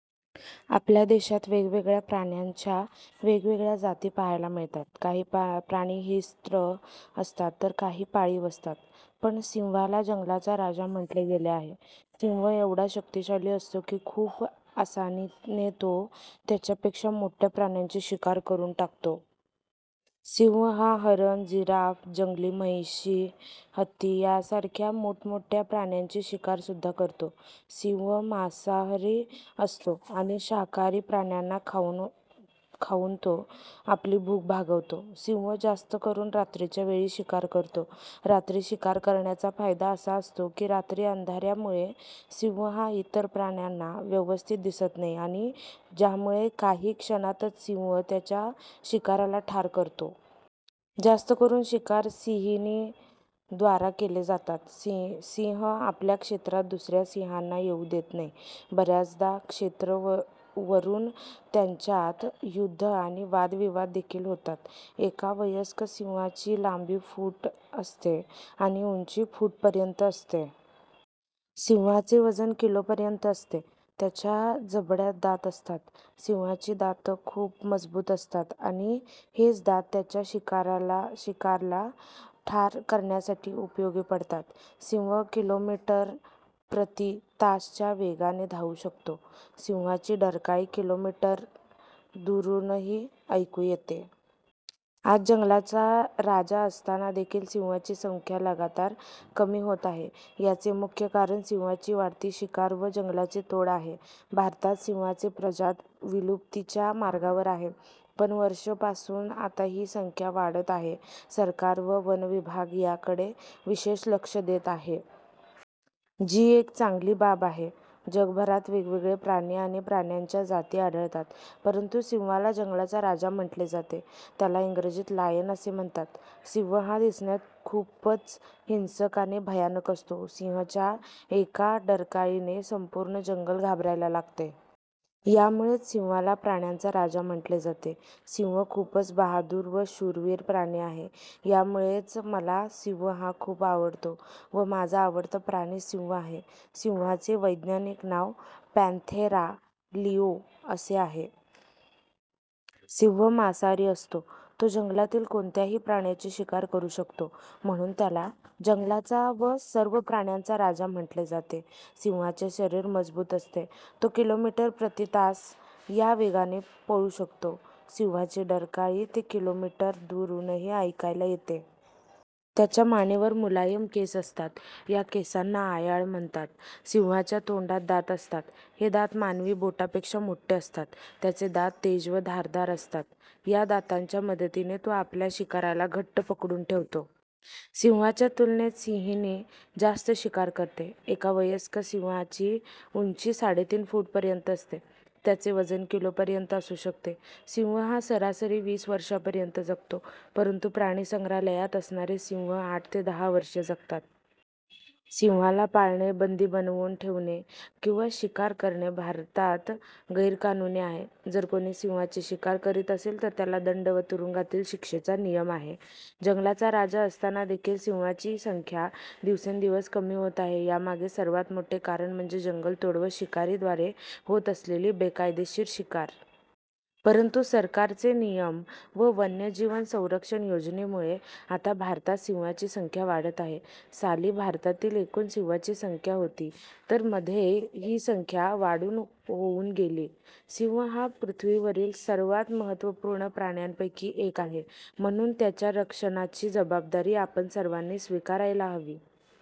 आपल्या देशात वेगवेगळ्या प्राण्यांच्या वेगवेगळ्या जाती पाहायला मिळतात. काही प्राणी हिंस्त्र असतात तर काही पाळीव असतात. पण सिंहाला जंगलाचा राजा म्हटले गेले आहे. सिंह एवढा शक्तिशाली असतो की खूप असानी ने तो त्याच्या पेक्षा मोठ्या प्राण्यांची शिकार करून टाकतो. सिंह हा हरण, जिराफ, जंगली म्हशी, हत्ती या सारख्या मोठमोठ्या प्राण्यांची शिकार सुद्धा करतो. सिंह मासाहरी असतो आणि शाकाहारी प्राण्यांना खाऊन तो आपली भुख भागवतो. सिंह जास्त करून रात्रीच्या वेळी शिकार करतो, रात्री शिकार करण्याचा फायदा असा असतो की रात्री अंधाऱ्या मुळे सिंह हा इतर प्राण्यांना व्यवस्थित दिसत नाही आणि ज्यामुळे काही क्षणातच सिंह त्याचा शिकाराला ठार करतो. जास्त करून शिकार सिहिणी द्वारा केले जातात. सिंह आपल्या क्षेत्रात दुसऱ्या सिंहांना येऊ देत नाही, बऱ्याचदा क्षेत्र वरून त्यांच्यात युद्ध आणि वाद विवाद देखील होतात. एका वयस्क सिंहाची लांबी फूट असते आणि उंची फूट पर्यंत असते. सिहाचे वजन किलो पर्यंत असते. त्याच्या जबड्यात दात असतात. सिंहाची दात खूप मजबूत असतात आणि हेच दात त्याच्या शिकारला ठार करण्यासाठी उपयोगी पडतात. सिंह - किलोमीटर प्रती तास च्या वेगाने धावू शकतो. सिंहाची डरकाळी किलोमीटर दुरूनही ऐकू येते. आज जंगलाचा राजा असताना देखील सिंहाची संख्या लगातार कमी होत आहे. याचे मुख्य कारण सिंहाची वाढती शिकार व जंगलांची तोड आहे. भारतात सिंहाची प्रजात विलुप्तीच्या मार्गावर आहे. पण वर्ष पासून आता ही संख्या वाढत आहे सरकार व वनविभाग या कडे विशेष लक्ष देत आहे. जी एक चांगली बाब आहे. जगभरात वेगवेगळे प्राणी आणि प्राण्यांच्या जाती आढळतात. परंतु सिंहाला जंगलाचा राजा म्हटले जाते. त्याला इंग्रजीत लायन असे म्हणतात. सिंह हा दिसण्यात खूपच हिंसक आणि भयानक असतो सिंह च्या एका डरकाळी ने संपूर्ण जंगल घाबरायला लागते. यामुळेच सिंहाला प्राण्यांचा राजा म्हटले जाते. सिंह खूपच बहादुर व शूरवीर प्राणी आहे या मुळेच मला सिंह हा खूप आवडतो व माझा आवडता प्राणी सिंह आहे. सिंहाचे वैज्ञानिक नाव पँन्थेरा लिओ असे आहे. सिंह मांसाहारी असतो, तो जंगलातील कोणत्याही प्राण्याची शिकार करू शकतो. म्हणून त्याला जंगलाचा व सर्व प्राण्याचा राजा म्हटले जाते. सिंहाचे शरीर मजबूत असते. तो किलोमीटर प्रतितास या वेगाने पळू शकतो. सिंहाची डरकाळी ते किलोमीटर दूरनही एकायला येते. त्याच्या मानेवर मुलायम केस असतात या केसांना आयाळ म्हणतात. सिंहाच्या तोंडात दात असतात हे दात मानवी बोटा पेक्षा मोठे असतात. त्याचे दात तेज व धारदार असतात, या दातांच्या मदतीने तो आपल्या शिकाराला घट्ट पकडून ठेवतो. सिंहाच्या तुलनेत सिंहीण जास्त शिकार करते. एका वयस्क सिंहाची उंची साडेतीन फूट पर्यंत असते. त्याचे वजन किलो पर्यंत असू शकते. सिंह हा सरासरी वीस वर्षांपर्यंत जगतो. परंतु प्राणिसंग्रहालयात असणारे सिंह आठ ते दहा वर्षे जगतात. सिंहाला पाळणे, बंदी बनवून ठेवणे किंवा शिकार करणे भारतात गैरकानूनी आहे. जर कोणी सिंहाची शिकार करीत असेल तर त्याला दंड व तुरुंगातील शिक्षेचा नियम आहे. जंगलाचा राजा असताना देखील सिंहाची संख्या दिवसेंदिवस कमी होत आहे यामागे सर्वात मोठे कारण म्हणजे जंगलतोड व शिकारी द्वारे होत असलेली बेकायदेशीर शिकार. परंतु सरकार चे नियम व वन्य जीव संरक्षण योजनेमुळे आता भारतात सिंहाची संख्या वाढत आहे. साली भारतातील एकूण सिंहांची संख्या होती तर मध्ये ही संख्या वाढून होऊन गेली. सिंह हा पृथ्वीवरील सर्वात महत्वपूर्ण प्राण्यांपैकी एक आहे म्हणून त्याच्या रक्षणाची जबाबदारी आपण सर्वांनी स्वीकारायला हवी.